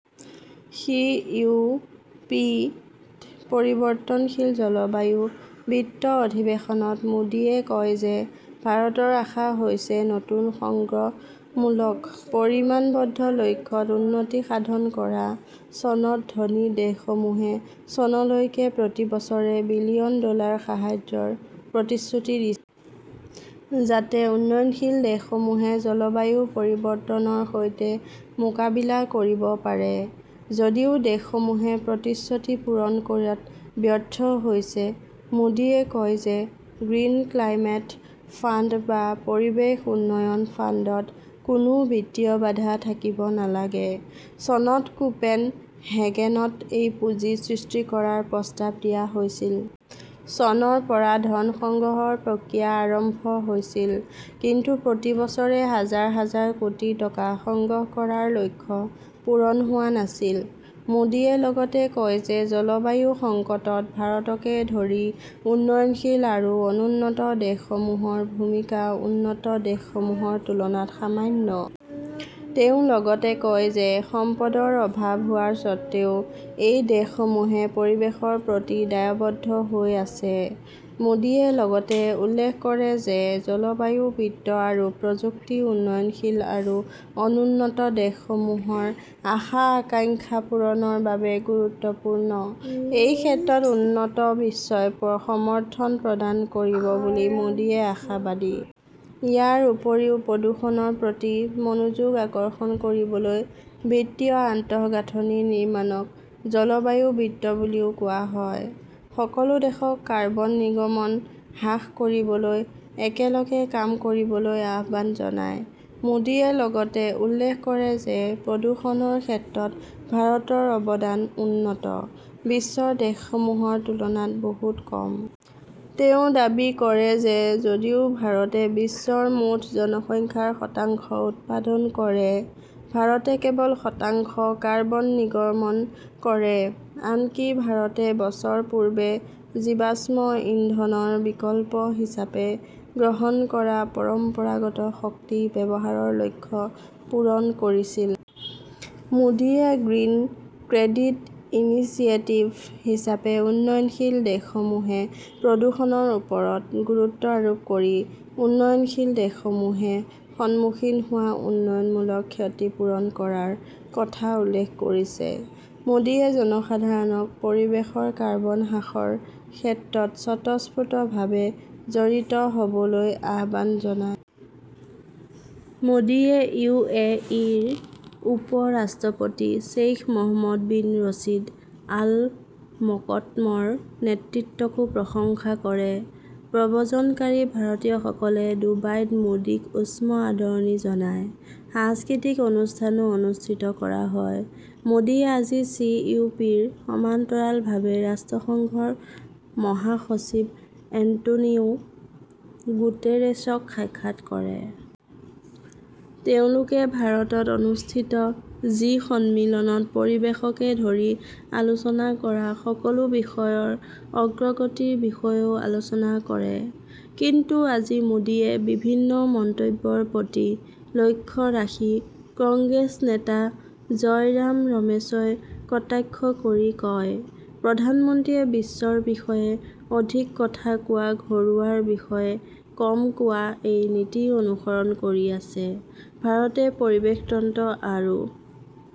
সি. O. P. -ত 'পৰিৱৰ্তনশীল জলবায়ু বিত্ত "অধিৱেশনত মোদীয়ে কয় যে ভাৰতৰ আশা হৈছে' নতুন সংগ্ৰহমূলক পৰিমাণবদ্ধ লক্ষ্য" -ত উন্নতি সাধন কৰা। চনত ধনী দেশসমূহে চনলৈকে প্ৰতি বছৰে বিলিয়ন ডলাৰ সাহায্যৰ প্ৰতিশ্ৰুতি দিছিল। যাতে উন্নয়নশীল দেশসমূহে জলবায়ু পৰিৱৰ্তনৰ সৈতে মোকাবিলা কৰিব পাৰে। যদিও দেশসমূহে প্ৰতিশ্ৰুতি পূৰণ কৰাত ব্যৰ্থ হৈছে। মোদীয়ে কয় যে 'গ্ৰীণ ক্লাইমেট ফাণ্ড "বা পৰিৱেশ উন্নয়ন ফাণ্ডত কোনো বিত্তীয় বাধা থাকিব নালাগে। চনত কোপেন হেগেনত এই পুঁজি সৃষ্টি কৰাৰ প্ৰস্তাৱ দিয়া হৈছিল। চনৰ পৰা ধন সংগ্ৰহৰ প্ৰক্ৰিয়া আৰম্ভ হৈছিল। কিন্তু প্ৰতি বছৰে হাজাৰ কোটি টকা সংগ্ৰহ কৰাৰ লক্ষ্য পূৰণ হোৱা নাছিল। মোদীয়ে লগতে কয় যে জলবায়ু সংকটত ভাৰতকে ধৰি উন্নয়নশীল আৰু অনুন্নত দেশসমূহৰ ভূমিকা উন্নত দেশসমূহৰ তুলনাত সামান্য। তেওঁ লগতে কয় যে সম্পদৰ অভাৱ হোৱাৰ স্বত্ত্বেও এই দেশসমূহে পৰিৱেশৰ প্ৰতি দায়বদ্ধ হৈ আছে। মোদীয়ে লগতে উল্লেখ কৰে যে 'জলবায়ু বিত্ত আৰু প্ৰযুক্তি "উন্নয়নশীল আৰু অনুন্নত দেশসমূহৰ আশা-আকাংক্ষা পূৰণৰ বাবে গুৰুত্বপূৰ্ণ। এই ক্ষেত্ৰত উন্নত বিশ্বই সমৰ্থন প্ৰদান কৰিব বুলি মোদীয়ে আশাবাদী। ইয়াৰ উপৰিও, প্ৰদূষণৰ প্ৰতি মনোযোগ আকৰ্ষণ কৰিবলৈ বিত্তীয় আন্তঃগাঁথনি নিৰ্মাণক 'জলবায়ু বিত্ত "বুলিও কোৱা হয়। সকলো দেশক কাৰ্বন নিৰ্গমন হ্ৰাস কৰিবলৈ একেলগে কাম কৰিবলৈ আহ্বান জনায়। মোদীয়ে লগতে উল্লেখ কৰে যে প্ৰদূষণৰ ক্ষেত্ৰত ভাৰতৰ অৱদান উন্নত বিশ্বৰ দেশসমূহৰ তুলনাত বহু কম। তেওঁ দাবী কৰে, "যদিও ভাৰতে বিশ্বৰ মুঠ জনসংখ্যাৰ শতাংশ উৎপাদন কৰে, ভাৰতে কেৱল শতাংশ কাৰ্বন নিৰ্গমন কৰে। আনকি ভাৰতে বছৰ পূৰ্বে জীৱাশ্ম ইন্ধন ৰ বিকল্প হিচাপে গ্ৰহণ কৰা পৰম্পৰাগত শক্তি ব্যৱহাৰৰ লক্ষ্য পূৰণ কৰিছিল। "মোদীয়ে 'গ্ৰীণ ক্ৰেডিট ইনিচিয়েটিভ" হিচাপে উন্নয়নশীল দেশসমূহে প্ৰদূষণৰ ওপৰত গুৰুত্ব আৰোপ কৰি উন্নয়নশীল দেশসমূহে সন্মুখীন হোৱা উন্নয়নমূলক ক্ষতি পূৰণ কৰাৰ কথা উল্লেখ কৰিছে। মোদীয়ে জনসাধাৰণক পৰিৱেশৰ কাৰ্বন হ্ৰাসৰ ক্ষেত্ৰত স্বতঃস্ফূৰ্তভাৱে জড়িত হ "বলৈ আহ্বান জনায়। মোদীয়ে ইউ. এ. ই. -ৰ উপ-ৰাষ্ট্ৰপতি Sheikh Mohammed bin Rashid Al মকতমৰ নেতৃত্বকো প্ৰশংসা কৰে। প্ৰব্ৰজনকাৰী ভাৰতীয়সকলে ডুবাইত মোডীক উষ্ম আদৰণি জনায়। সাংস্কৃতিক অনুষ্ঠানও অনুষ্ঠিত কৰা হয়। মোদীয়ে আজি চি. ও. পি. -ৰ সমান্তৰালভাৱে ৰাষ্ট্ৰসংঘৰ মহাসচিব এন্টোনিও গুটেৰেছক সাক্ষাৎ কৰে। তেওঁলোকে ভাৰতত অনুষ্ঠিত জি- সন্মিলনত পৰিৱেশকে ধৰি আলোচনা কৰা সকলো বিষয়ৰ অগ্ৰগতিৰ বিষয়েও আলোচনা কৰে। কিন্তু আজি মোদীৰ বিভিন্ন মন্তব্যৰ প্ৰতি লক্ষ্য ৰাখি কংগ্ৰেছ নেতা জয়ৰাম ৰমেশই কটাক্ষ কৰি কয়, "প্ৰধানমন্ত্ৰীয়ে বিশ্বৰ বিষয়ে অধিক কথা কোৱা, ঘৰুৱাৰ বিষয়ে কম কোৱা-এই নীতি অনুসৰণ কৰি আছে। "ভাৰতে পৰিৱেশ তন্ত্ৰ আৰু